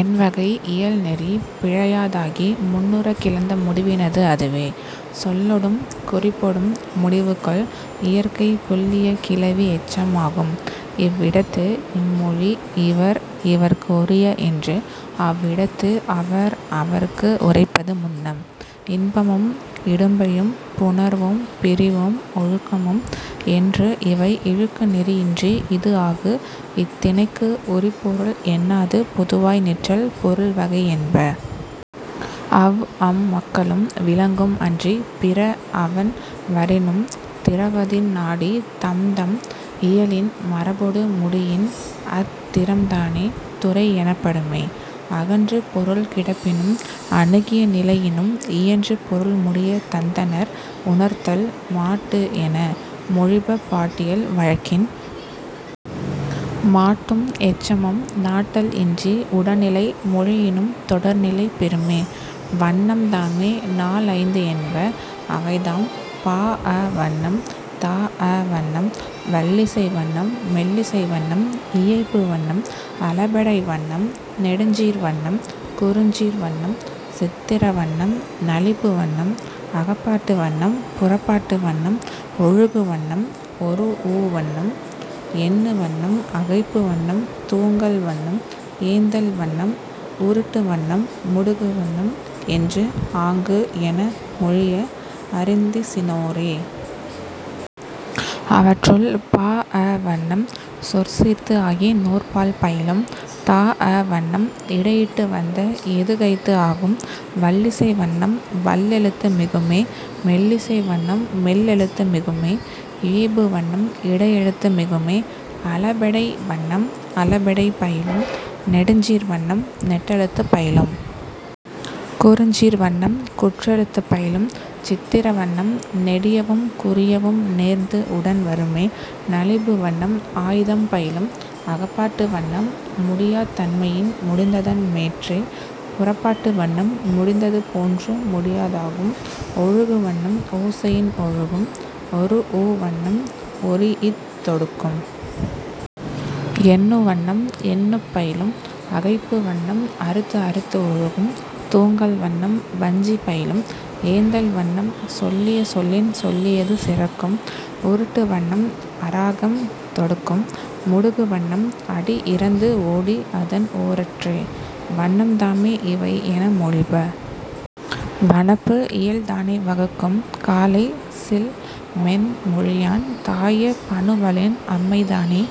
எண் வகை இயல் நெறி பிழையாதாகி முன்னுறக் கிளந்த முடிவினது அதுவே. சொல்லொடும் குறிப்பொடும் முடிவு கொள் இயற்கை புல்லிய கிளவி எச்சம் ஆகும். இவ் இடத்து இம் மொழி இவர் இவர்க்கு உரிய என்று அவ் இடத்து அவர் அவர்க்கு உரைப்பது முன்னம். இன்பமும் இடும்பையும் புணர்வும் பிரிவும் ஒழுக்கமும் என்று இவை இழுக்கு நெறி இன்றி இது ஆகு இத் திணைக்கு உரிப் பொருள் என்னாது பொதுவாய் நிற்றல் பொருள் வகை என்ப. அவ் அம் மக்களும் விலங்கும் அன்றிப் பிற அவண் வரினும் திறவதின் நாடி தம்தம் இயலின் மரபொடு முடியின் அத் திறம்தானே துறை எனப்படுமே. அகன்று பொருள் கிடப்பினும் அணுகிய நிலையினும் இயன்று பொருள் முடிய தந்தனர் உணர்த்தல் மாட்டு என மொழிப பாட்டியல் வழக்கின். மாட்டும் எச்சமும் நாட்டல் இன்றி உடனிலை மொழியினும் தொடர்நிலை பெறுமே. வண்ணம்தாமே நால் ஐந்து என்ப. அவைதாம், பாஅ வண்ணம் தாஅ வண்ணம் வல்லிசை வண்ணம் மெல்லிசை வண்ணம் இயைபு வண்ணம் அளபெடை வண்ணம் நெடுஞ்சீர் வண்ணம் குறுஞ்சீர் வண்ணம் சித்திர வண்ணம் நலிபு வண்ணம் அகப்பாட்டு வண்ணம் புறப்பாட்டு வண்ணம் ஒழுகு வண்ணம் ஒரூஉ வண்ணம் எண்ணு வண்ணம் அகைப்பு வண்ணம் தூங்கல் வண்ணம் ஏந்தல் வண்ணம் உருட்டு வண்ணம் முடுகு வண்ணம் என்று ஆங்கு என மொழிப அறிந்திசினோரே. அவற்றுள், பாஅ வண்ணம் சொற்சீர்த்து ஆகி நூற்பால் பயிலும். தாஅ வண்ணம் இடையிட்டு வந்த எதுகைத்து ஆகும். வல்லிசை வண்ணம் வல்லெழுத்து மிகுமே. மெல்லிசை வண்ணம் மெல்லெழுத்து மிகுமே. இயைபு வண்ணம் இடையெழுத்து மிகுமே. அளபெடை வண்ணம் அளபெடை பயிலும். நெடுஞ்சீர் வண்ணம் நெட்டெழுத்துப் பயிலும். குறுஞ்சீர் வண்ணம் குற்றெழுத்துப் பயிலும். சித்திர வண்ணம் நெடியவும் குறியவும் நேர்ந்து உடன் வருமே. நலிபு வண்ணம் ஆய்தம் பயிலும். அகப்பாட்டு வண்ணம் முடியாத் தன்மையின் முடிந்ததன் மேற்றே. புறப்பாட்டு வண்ணம் முடிந்தது போன்று முடியாதாகும். ஒழுகு வண்ணம் ஓசையின் ஒழுகும். ஒரூஉ வண்ணம் ஒரீஇத் தொடுக்கும். எண்ணு வண்ணம் எண்ணுப் பயிலும். அகைப்பு வண்ணம் அறுத்து அறுத்து ஒழுகும். தூங்கல் வண்ணம் வஞ்சி பயிலும். ஏந்தல் வண்ணம் சொல்லிய சொல்லின் சொல்லியது சிறக்கும். உருட்டு வண்ணம் அராகம் தொடுக்கும். முடுகு வண்ணம் அடி இறந்து ஓடி அதன் ஓரற்றே. வண்ணம்தாமே இவை என மொழிப. வனப்பு இயல்தானே வகுக்கும் காலை சில் மென் மொழியான் தாய பனுவலின் அம்மைதானே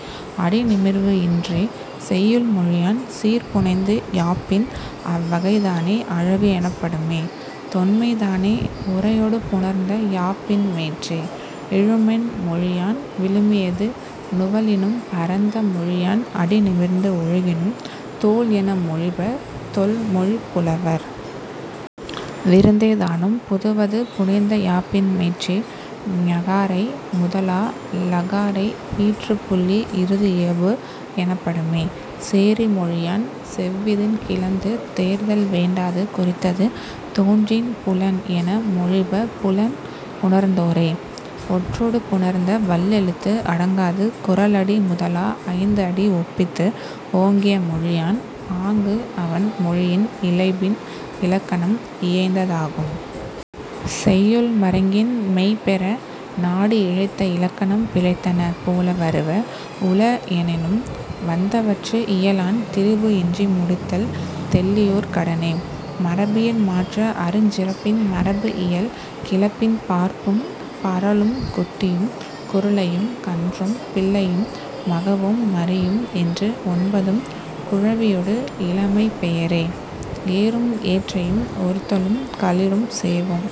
அடி நிமிர்வு இன்றே. செய்யுள் மொழியான் சீர் புனைந்து யாப்பின் அவ் வகைதானே அழகு எனப்படுமே. தொன்மைதானே உரையொடு புணர்ந்த யாப்பின் மேற்றே. இழுமென் மொழியான் விழுமியது நுவலினும் பரந்த மொழியான் அடி நிமிர்ந்து ஒழுகினும் தோல் என மொழிப தொல் மொழிப் புலவர். விருந்தேதானும் புதுவது புனைந்த யாப்பின் மேற்றே. ஞகாரை முதலா ளகாரை ஈற்றுப் புள்ளி இறுதி இயைபு எனப்படுமே. சேரி மொழியான் செவ்விதின் கிளந்து தேர்தல் வேண்டாது குறித்தது தோன்றின் புலன் என மொழிப புலன் உணர்ந்தோரே. ஒற்றொடு புணர்ந்த வல்லெழுத்து அடங்காது குறளடி முதலா ஐந்து அடி ஒப்பித்து ஓங்கிய மொழியான் ஆங்கு அவண் மொழியின் இழைபின் இலக்கணம் இயைந்ததாகும். செய்யுள் மருங்கின் மெய் பெற நாடி இழைத்த இலக்கணம் பிழைத்தன போல வருவ உள எனினும் வந்தவற்று இயலான் திரிபு இன்றி முடித்தல் தெள்ளியோர் கடனே. மரபியல் மாற்ற அருஞ் சிறப்பின் மரபு இயல் கிளப்பின் பார்ப்பும் பறழும் குட்டியும் குருளையும் கன்றும் பிள்ளையும் மகவும் மறியும் என்று ஒன்பதும் குழவியொடு இளமைப் பெயரே. ஏறும் ஏற்றையும் ஒருத்தலும் களிறும் சேவும்